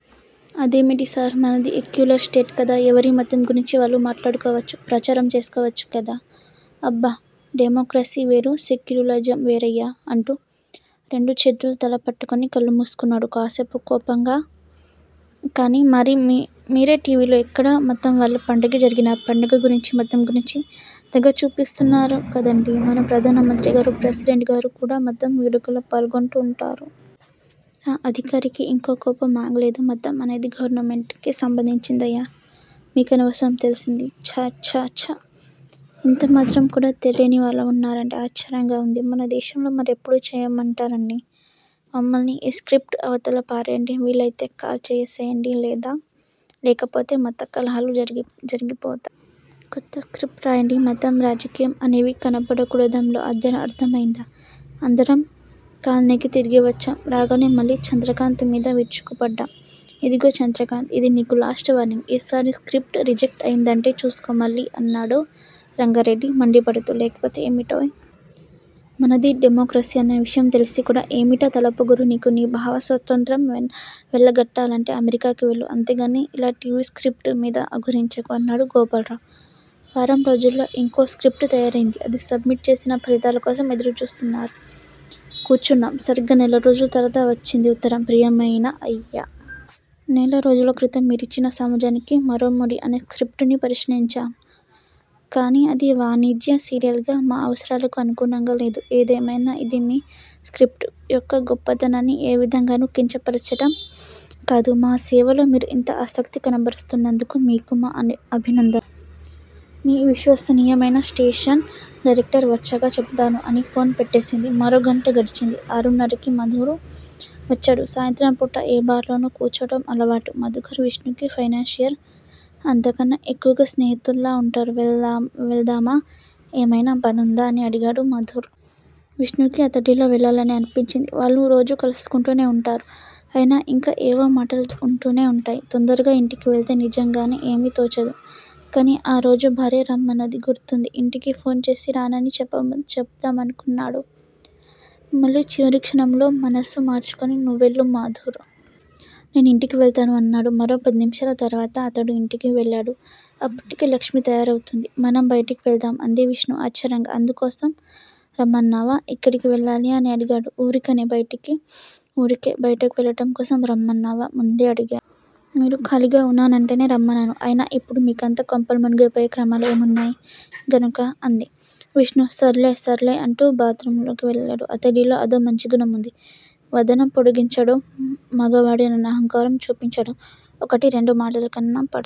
అదేమిటిసార్! మనది ఎక్యులర్ స్టేట్ కదా! ఎవరి మతం గురించి వాళ్ళు మాట్లాడుకోవచ్చు, ప్రచారం చేసుకోవచ్చు కదా! అబ్బా! డెమొక్రసీ వేరు- సెక్యులరిజం వేరయ్యా! అంటూ రెండు చేతుల్తో తల పట్టుకుని కళ్ళు మూసుకున్నాడు కాసేపు కోపంగా. కాని మరి మీరే టీవీలో ఎక్కడే మతం వాళ్ళ పండగ జరిగినా ఆ పండగ గురించీ, మతం గురించీ తెగ చూపిస్తున్నారు కదండీ' మన ప్రధానమంత్రి గారూ, ప్రెసిడెంట్ గారూ కూడా మతం వేడుకల్లో పాల్గొంటూ ఉంటారు! ఆ అధికారికి ఇంక కోపం ఆగలేదు. మతం అనేది గవర్నమెంట్ కి సంబంధించిందయ్యా! మీకనవసరం తెల్సిందా? ఛఛఛ! ఇంతమాత్రం కూడా తెలీనివాళ్ళున్నారంటే ఆశ్చర్యంగా ఉంది మన దేశంలో మరిప్పుడేం చేయమంటారండీ మమ్మల్ని? ఈ స్క్రిప్ట్ అవతల పారెయ్యండి! వీలయితే కాల్చేసేయండి. లేకపోతే మత కలహాలు జరిగిపోతాయ్! కొత్త స్క్రిప్ట్ రాయండి! మతం, రాజకీయం అనేవి కనబడకూడదందులో! అర్థమయిందా? అందరం కాలనీకి తిరిగి వచ్చాం! రాగానే మళ్ళీ చంద్రకాంత్ మీద విరుచుకుపడ్డాం. 'ఇదిగో చంద్రకాంత్! ఇది నీకు లాస్ట్ వార్నింగ్! ఈసారి స్క్రిప్ట్ రిజెక్ట్ అయ్యిందంటే చూస్కో మళ్ళీ- అన్నాడు రంగారెడ్డి మండిపడుతూ. లేకపోతే ఏమిటోయ్? మనది డెమొక్రసీ అన్న విషయం తెలిసి కూడా ఏమిటా తలపొగరు నీకు? నీ భావస్వాతంత్ర్యం వెళ్ళగక్కాలంటే అమెరికా వెళ్ళు! అంతేగానీ ఇలా టీవీ స్క్రిప్ట్ మీద అఘోరించకు! అన్నాడు గోపాల్రావ్. వారం రోజుల్లో ఇంకో స్క్రిప్ట్ తయారయింది. అది సబ్మిట్ చేసి ఫలితాల కోసం ఎదురుచూస్తూ కూర్చున్నాం- సరిగ్గా నెలరోజుల తర్వాత వచ్చింది ఉత్తరం- ప్రియమయిన అయ్యా! నెలరోజుల క్రితం మీరిచ్చిన సమాజానికి మరోముడి అనే స్క్రిప్ట్ ని పరిశీలించాము. కానీ అది వాణిజ్య సీరియల్ గా మా అవసరాలకు అనుగుణంగా లేదు. ఏదేమయినా ఇది మీ స్క్రిప్ట్ యొక్క గొప్పతనాన్ని ఏ విధంగానూ కించపరచటం కాదు. మా సేవలో మీరు ఇంత ఆసక్తి కనబరుస్తున్నందుకు మీకు మా అభినంద మీ విశ్వాసనీయమయిన స్టేషన్ డైరెక్టర్। వచ్చాక చెపుతాను అని ఫోన్ పెట్టేసింది. మరోగంట గడిచింది. ఆరున్నరకి మాధుర్ వచ్చాడు. సాయంత్రంపూట ఏ బార్ లోనో కూర్చోవటం అలవాటు. మాధుర్ విష్ణుకి ఫైనాన్సియర్. అంతకన్నా ఎక్కువగా స్నేహితుల్లా వుంటారు. వెళ్దామా? ఏమయినా పనుందా? అని అడిగాడు మాధూర్. విష్ణుకి అతడితో వెళ్ళాలనే అనిపించింది. వాళ్ళు రోజూ కలుసుకుంటూనే వుంటారు. అయినా ఇంకా ఏవో మాటలు వుంటూనే వుంటాయి. తొందరగా ఇంటికివెళ్తే నిజంగానే ఏమీ తోచదు. కానీ ఆరోజు భార్య రమ్మన్నది గుర్తుంది. ఇంటికి ఫోన్ చేసి రానని చెప్దామనుకున్నాడు. మళ్ళీ చివరి క్షణంలో మనసు మార్చుకుని, నువ్వెళ్ళు మాధుర్. నేనింటికి వెళ్తాను అన్నాడు. మరో పదినిమిషాల తరువాత అతడు ఇంటికి వెళ్ళాడు. అప్పటికే లక్ష్మి తయారైవుంది. మనం బయటకి వెళ్దాం అంది. విష్ణు ఆశ్చర్యంగా. అందుకోసం రమ్మన్నావా? ఎక్కడికి వెళ్ళాలి? అని అడిగాడు. ఊరికనే బయటకి ఊరికే బయటకు వెళ్ళటం కోసం రమ్మన్నావా? ముందే అడిగా మీరు ఖాళీగా వున్నానంటేనే రమ్మన్నాను. అయినా ఇప్పుడు మీకంత కొంపలు మునిగిపోయే కార్యక్రమాలు ఏమున్నాయి గనుక? అంది. విష్ణు సర్లె. సర్లె అంటూ బాత్ రూమ్ లోకి వెళ్ళాడు. అతడిలో అదో మంచిగుణం వుంది. వాదన పొడిగించడు. మగవాడినన్న అహంకారం చూపించడు. ఒకటి రెండు మాటలన్నా పడ